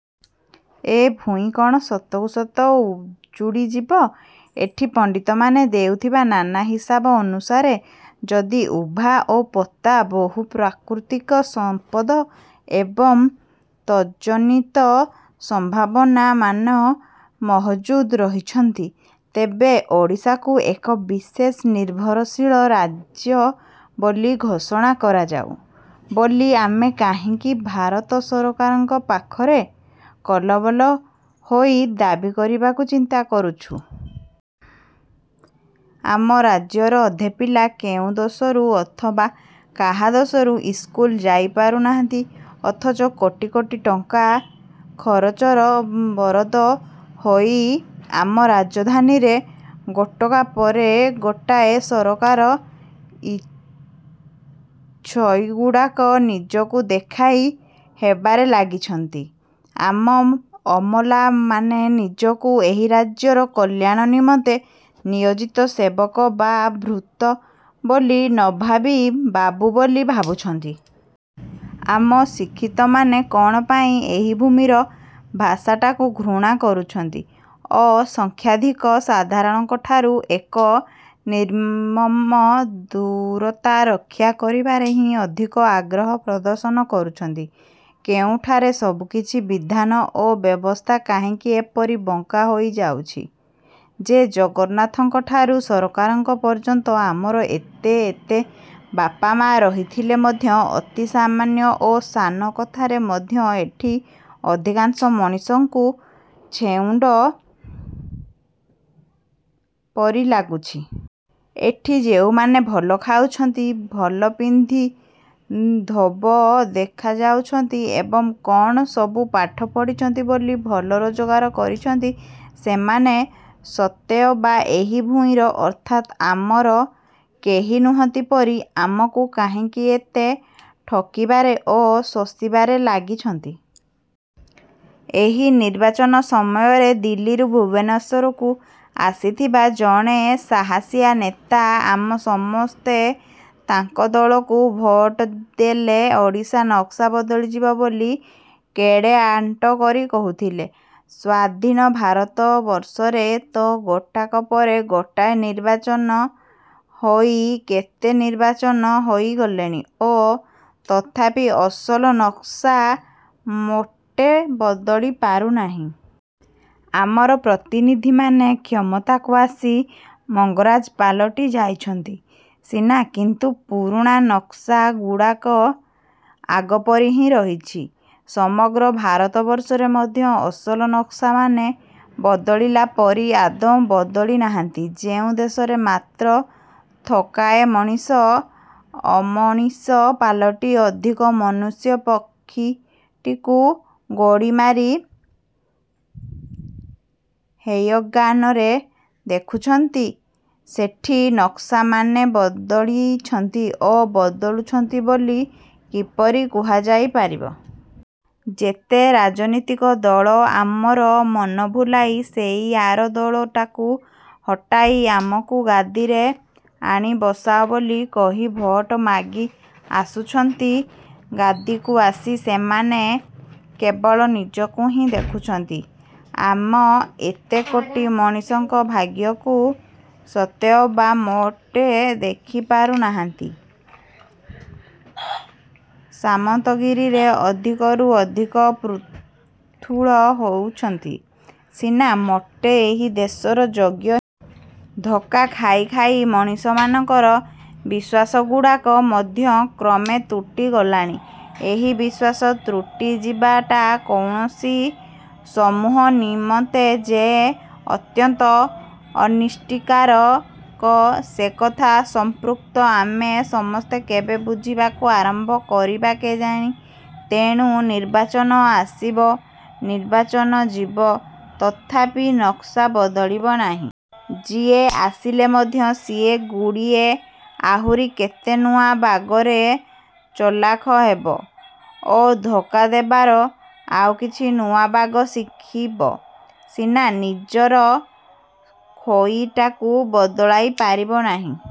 ଏ ଭୂଇଁ କ'ଣ ସତକୁ ସତ ଉଜୁଡ଼ି ଯିବ? ଏଠି ପଣ୍ଡିତମାନେ ଦେଉଥିବା ନାନା ହିସାବ ଅନୁସାରେ ଯଦି ଉଭା ଓ ପୋତା ବହୁ ପ୍ରାକୃତିକ ସମ୍ପଦ ଏବଂ ତଜନିତ ସମ୍ଭାବନାମାନ ମହଜୁଦ ରହିଛନ୍ତି, ତେବେ ଓଡ଼ିଶାକୁ ଏକ ବିଶେଷ ନିର୍ଭରଶୀଳ ରାଜ୍ୟ ବୋଲି ଘୋଷଣା କରାଯାଉ ବୋଲି ଆମେ କାହିଁକି ଭାରତ ସରକାରଙ୍କ ପାଖରେ କଲବଲ ହୋଇ ଦାବି କରିବାକୁ ଚିନ୍ତା କରୁଛୁ? ଆମ ରାଜ୍ୟର ଅଧେ ପିଲା କେଉଁ ଦୋଷରୁ ଅଥବା କାହା ଦୋଷରୁ ଇସ୍କୁଲକୁ ଯାଇ ପାରୁନାହାନ୍ତି? ଅଥଚ କୋଟି କୋଟି ଟଙ୍କା ଖରଚର ବରାଦ ହୋଇ ଆମ ରାଜଧାନୀରେ ଗୋଟାକ ପରେ ଗୋଟାଏ ସରକାରୀ ଛଇଗୁଡ଼ାକ ନିଜକୁ ଦେଖାଇ ହେବାରେ ଲାଗିଛନ୍ତି? ଆମ ଅମଲାମାନେ ନିଜକୁ ଏହି ରାଜ୍ୟର କଲ୍ୟାଣ ନିମନ୍ତେ ନିୟୋଜିତ ସେବକ ବା ଭୃତ୍ୟ ବୋଲି ନଭାବି ବାବୁ ବୋଲି ଭାବୁଛନ୍ତି? ଆମ ଶିକ୍ଷିତମାନେ କ'ଣ ପାଇଁ ଏହି ଭୂମିର ଭାଷାଟାକୁ ଘୃଣା କରୁଛନ୍ତି ଓ ସଂଖ୍ୟାଧିକ ସାଧାରଣଙ୍କଠାରୁ ଏକ ନିର୍ମମ ଦୂରତା ରକ୍ଷା କରିବାରେ ହିଁ ଅଧିକ ଆଗ୍ରହ ପ୍ରଦର୍ଶନ କରୁଛନ୍ତି? କୋଉଠାରେ ସବୁକିଛି ବିଧାନ ଓ ବ୍ୟବସ୍ଥା କାହିଁକି ଏପରି ବଙ୍କା ହୋଇଯାଉଛି ଯେ, ଜଗନ୍ନାଥଙ୍କଠାରୁ ସରକାରଙ୍କ ପର୍ଯ୍ୟନ୍ତ ଆମର ଏତେ ଏତେ ବାପମାଆ ରହିଥିଲେ ମଧ୍ୟ ଅତି ସାମାନ୍ୟ ଓ ସାନ କଥାରେ ମଧ୍ୟ ଏଠି ଅଧିକାଂଶ ମଣିଷଙ୍କୁ ଛେଉଣ୍ଡ ପରି ଲାଗୁଛି? ଏଠି ଯେଉଁମାନେ ଭଲ ଖାଉଛନ୍ତି, ଭଲ ପିନ୍ଧି ଧୋବ ଦେଖାଯାଉଛନ୍ତି ଏବଂ କ'ଣ ସବୁ ପାଠ ପଢ଼ିଛନ୍ତି ବୋଲି ଭଲ ରୋଜଗାର କରିଛନ୍ତି, ସେମାନେ ସତେଅବା ଏହି ଭୂଇଁର ଅର୍ଥାତ୍ ଆମର କେହି ନୁହନ୍ତି ପରି ଆମକୁ କାହିଁକି ଏତେ ଠକିବାରେ ଓ ଶୋଷିବାରେ ଲାଗିଛନ୍ତି? ଏହି ନିର୍ବାଚନ ସମୟରେ ଦିଲ୍ଲୀରୁ ଭୁବନେଶ୍ୱରକୁ ଆସିଥିବା ଜଣେ ସାହସିଆ ନେତା ଆମେ ସମସ୍ତେ ତାଙ୍କ ଦଳକୁ ଭୋଟ ଦେଲେ ଓଡ଼ିଶାର ନକ୍ସା ବଦଳିଯିବ ବୋଲି କେଡ଼େ ଆଣ୍ଟ କରି କହୁଥିଲେ। ସ୍ୱାଧୀନ ଭାରତବର୍ଷରେ ତ ଗୋଟାକ ପରେ ଗୋଟାଏ ନିର୍ବାଚନ ହୋଇ କେତେ ନିର୍ବାଚନ ହୋଇଗଲାଣି ଓ ତଥାପି ଅସଲ ନକ୍ସା ମୋଟେ ବଦଳି ପାରୁନାହିଁ। ଆମର ପ୍ରତିନିଧିମାନେ କ୍ଷମତାକୁ ଆସି ମଙ୍ଗରାଜ ପାଲଟି ଯାଇଛନ୍ତି ସିନା, କିନ୍ତୁ ପୁରୁଣା ନକ୍ସା ଗୁଡ଼ାକ ଆଗପରି ହିଁ ରହିଛି। ସମଗ୍ର ଭାରତବର୍ଷରେ ମଧ୍ୟ ଅସଲ ନକ୍ସାମାନେ ବଦଳିଲା ପରି ଆଦୌ ବଦଳି ନାହାନ୍ତି। ଯୋଉ ଦେଶରେ ମାତ୍ର ଥୋକାଏ ମଣିଷ ଅମଣିଷ ପାଲଟି ଅଧିକ ମନୁଷ୍ୟପକ୍ଷଟିକୁ ଗୋଡ଼ିମାଟି ହେୟଜ୍ଞାନରେ ଦେଖୁଛନ୍ତି, ସେଠି ନକ୍ସାମାନେ ବଦଳିଛନ୍ତି ଓ ବଦଳୁଛନ୍ତି ବୋଲି କିପରି କୁହାଯାଇ ପାରିବ? ଯେତେ ରାଜନୀତିକ ଦଳ ଆମର ମନ ଭୁଲାଇ ସେଇ ଆର ଦଳଟାକୁ ହଟାଇ ଆମକୁ ଗାଦୀରେ ଆଣି ବସାଅ ବୋଲି କହି ଭୋଟ ମାଗି ଆସୁଛନ୍ତି, ଗାଦୀକୁ ଆସି ସେମାନେ କେବଳ ନିଜକୁ ହିଁ ଦେଖୁଛନ୍ତି। ଆମ ଏତେ କୋଟି ମଣିଷଙ୍କ ଭାଗ୍ୟକୁ ସତେଅବା ମୋଟେ ଦେଖି ପାରୁନାହାନ୍ତି; ସାମନ୍ତଗିରିରେ ଅଧିକରୁ ଅଧିକ ପୃଥୁଳ ହୋଉଛନ୍ତି ସିନା ମୋଟେ ଏହି ଦେଶର ଯୋ ଧୋକା ଖାଇ ଖାଇ ମଣିଷମାନଙ୍କର ବିଶ୍ଵାସଗୁଡ଼ାକ ମଧ୍ୟ କ୍ରମେ ତୁଟି ଗଲାଣି। ଏହି ବିଶ୍ୱାସ ତୁଟିଯିବାଟା ଯେକୌଣସି ସମୂହ ନିମନ୍ତେ ଯେ ଅତ୍ୟନ୍ତ ଅନିଷ୍ଟକାରକ, ସେକଥା ସଂପୃକ୍ତ ଆମେ ସମସ୍ତେ କେବେ ବୁଝିବାକୁ ଆରମ୍ଭ କରିବା କେଜାଣି? ତେଣୁ ନିର୍ବାଚନ ଆସିବ, ନିର୍ବାଚନ ଯିବ, ତଥାପି ନକ୍ସା ବଦଳିବ ନାହିଁ। ଯିଏ ଆସିଲେ ମଧ୍ୟ ସିଏ ଗୁଡ଼ିଏ ଆହୁରି କେତେ ନୂଆ ବାଗରେ ଚଲାଖ ହେବ ଓ ଧୋକା ଦେବାର ଆଉ କିଛି ନୂଆ ବାଗ ଶିଖିବ ସିନା, ନିଜର ଖୋଇଟାକୁ ବଦଳାଇ ପାରିବ ନାହିଁ ।